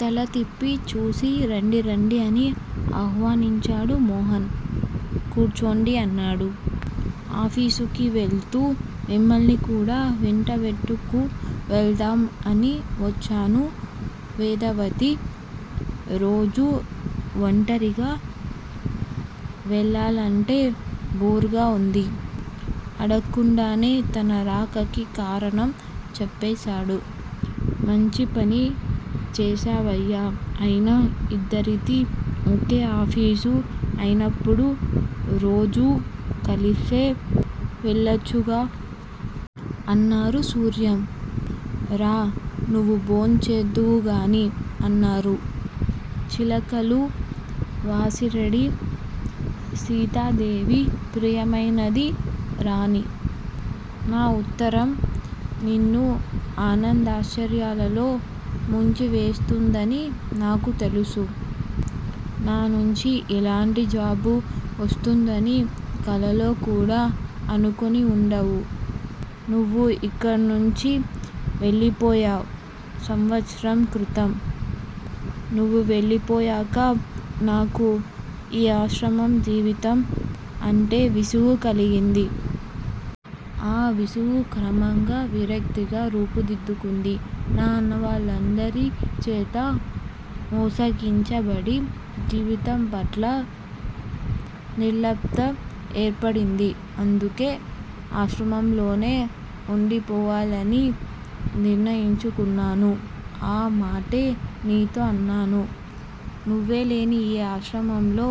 తలతిప్పి చూసి రండి రండి! అని ఆహ్వనించాడు మోహన్. కూర్చోండి అన్నాడు. ఆఫీసుకి వెళ్ళుతూ మిమ్మల్ని కూడా వెంటబెట్టుకు వెళ్దాం అని వచ్చాను వెధవది రోజూ వంటరిగా వెళ్ళాలంటే బోర్ గా వుంది! అడక్కుండానే తన రాకకి కారణం చెప్పేసాడు. మంచి పని చేశావయ్యా అయినా యిద్దరిదీ ఒకే ఆఫీసు అయినప్పుడు రోజూ కలిసే వెళ్ళొచ్చుగా! అన్నారు సూర్యం. రా నువ్వూ భోం చేద్దువుగాని అన్నారు. చిలకలు -వాసిరెడ్డి సీతాదేవి ప్రియమైనది రాణీ! నా ఉత్తరం నిన్ను ఆనందాశ్చార్యాలలో ముంచివేస్తుందని నాకు తెలుసు. నానుంచి ఇలాంటి జాబు వస్తుందని కలలో కూడా అనుకొని ఉండవు. నువ్వు ఇక్కడ్నుంచి వెళ్ళిపోయావు సంవత్సరం క్రితం. నువ్వు వెళ్ళిపోయాక నాకు ఈ ఆశ్రమ జీవితం అంటే విసుగు కలిగింది. ఆ విసుగు క్రమంగా విరక్తిగా రూపుదిద్దుకుంది. నా అన్నవాళ్ళందరి చేతా మోసగించబడి, జీవితం పట్ల నిర్లిప్తత ఏర్పడింది. అందుకే ఆశ్రమంలోనే ఉండిపోవాలని నిర్ణయించుకొన్నాను. ఆ మాటే నీతో అన్నాను. నువ్వులేని ఈ ఆశ్రమంలో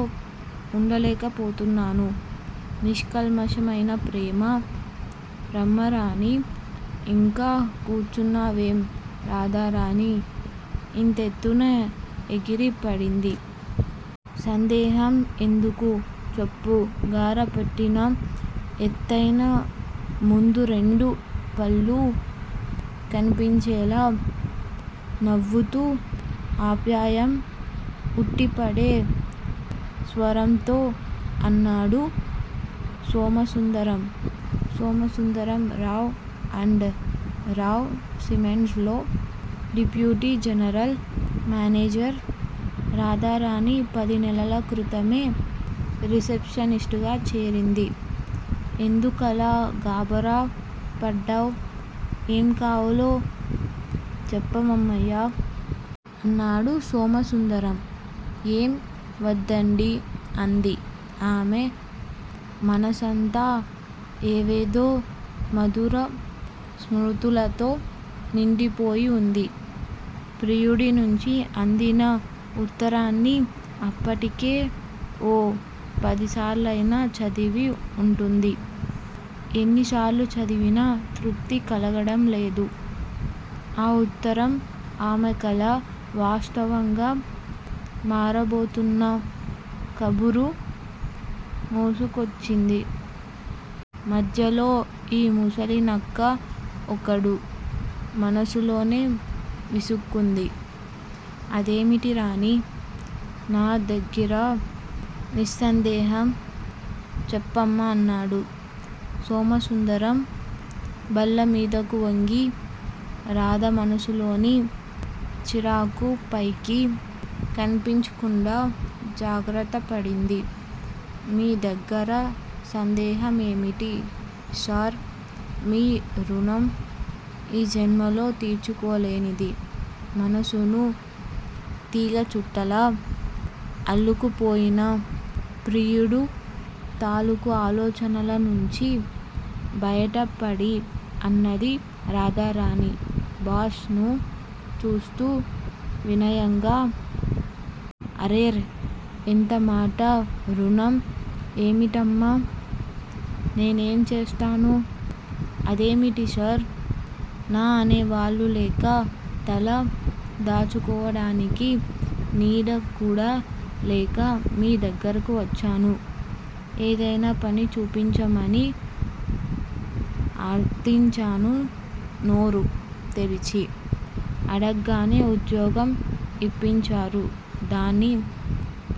ఉండలేకపోతున్నాను. నిష్కల్మషమైన ప్రేమ ఏమ్మారాణీ! ఇంకా కూర్చున్నావేం? రాధారాణి ఇంతెత్తున ఎగిరిపడింది. సందేహం ఎందుకు? చెప్పు? గారపట్టిన ఎత్తయిన ముందు రెండు పళ్ళూ కన్పించేలా నవ్వుతూ, ఆప్యాయం ఉట్టిపడే స్వరంతో అన్నాడు సోమసుందరం. సోమసుందరం రావ్ అండ్ రావ్ సిమెంట్సు లో డిప్యూటీ జనరల్ మేనేజర్. రాధారాణి పదినెలల క్రితమే రిసెప్షనిస్టుగా చేరింది. ఎందుకలా గాభరా పడ్డావ్? ఏం కావాలో చెప్పమ్మాయ్? అన్నాడు సోమసుందరం. ఏం వద్దండీ! అన్నది. ఆమె మనసంతా ఏవేవో మధుర స్మృతులతో నిండిపోయి ఉంది. ప్రియుడి నుంచి అందిన ఉత్తరాన్ని అప్పటికే ఓ పదిసార్లయినా చదివి ఉంటుంది. ఎన్నిసార్లు చదివినా తృప్తి కలుగడంలేదు. ఆ ఉత్తరం ఆమె కల వాస్తవంగా మారబోతున్న కబురు మోసుకొచ్చింది. మధ్యలో ఈ ముసలినక్క ఒకడు మనసులోనే విసుక్కుంది. అదేమిటి రాణీ! నాదగ్గిరా నీసందేహం? చెప్పమ్మా అన్నాడు సోమసుందరం బల్లమీదకు వంగి. రాధ మనసులోని చిరాకు పైకి కన్పించకుండా జాగ్రత్తపడింది. మీ దగ్గర సందేహం ఏమిటి సార! మీ రుణం ఈ జన్మలో తీర్చుకోలేనిది. మనసును తీగ చుట్టలా అల్లుకుపోయిన ప్రియుడు తాలుకు ఆలోచనల నుంచి బయటపడి అన్నది రాధారాణి బాస్ ను చూస్తూ వినయంగా. అరెరె! ఎంతమాట! రుణం ఏమిటమ్మా! నేనేంచేశాను.? అదేమిటి సార! నా అనే వాళ్ళు లేక, తల దాచుకోవడానికి నీడ కూడా లేక మీ దగ్గరకు వచ్చాను. ఏదైనా పని చూపించమని ఆర్థిం చాను నోరు తెరిచి అడగ్గానే ఉద్యోగం ఇప్పించారు. దాని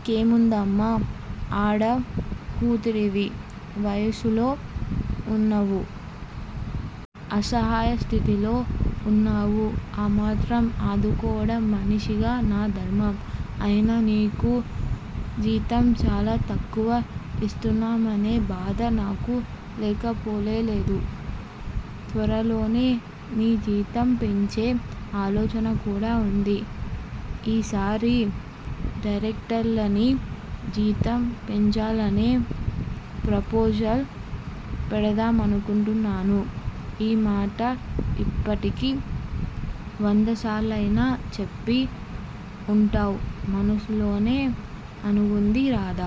కేముందమ్మా! ఆడ కూతురివి, వయసులో ఉన్నావు. అసహయస్థితిలో వున్నావు. ఆ మాత్రం అదుకోవడం మనిషిగా నా ధర్మం. అయినా నీకు జీతం చాలా తక్కువ ఇస్తున్నామనే బాధ నాకు లేకపోలేదు. త్వరలోనే నీ జీతం పెంచే ఆలోచన కూడా ఉంది. ఈ సారి డైరక్టర్ల నీ జీతం పెంచాలనే ప్రోపోజల్ పెడదామనుకొంటున్నాను ఈ మాట ఇప్పటికి వందసార్లయినా చెప్పి ఉంటావ్ మనసులోనే అనుకుంది రాధ.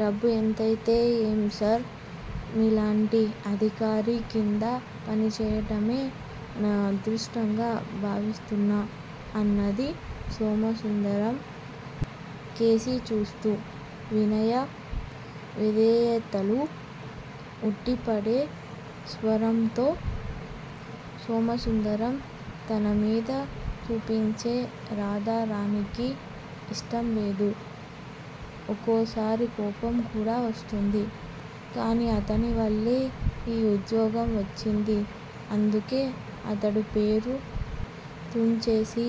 డబ్బు ఎంతైతేనేం సార్? మీలాంటి అధికారి కింద పని చెయ్యడమే నా అదృష్టంగా భావిస్తున్నా అన్నది సోమసుందరం కేసి చూస్తూ వినయ విధేయతలు ఉట్టిపడే స్వరంతో. సోమసుందరం తనమీద చూపించే రాధారాణికి ఇష్టం లేదు. ఒకోసారి కోపం కూడా వస్తుంది. కాని అతని వల్లే ఈ ఉదోగ్యం వచ్చింది. అందుకే అతడు పేరు తుంచేసి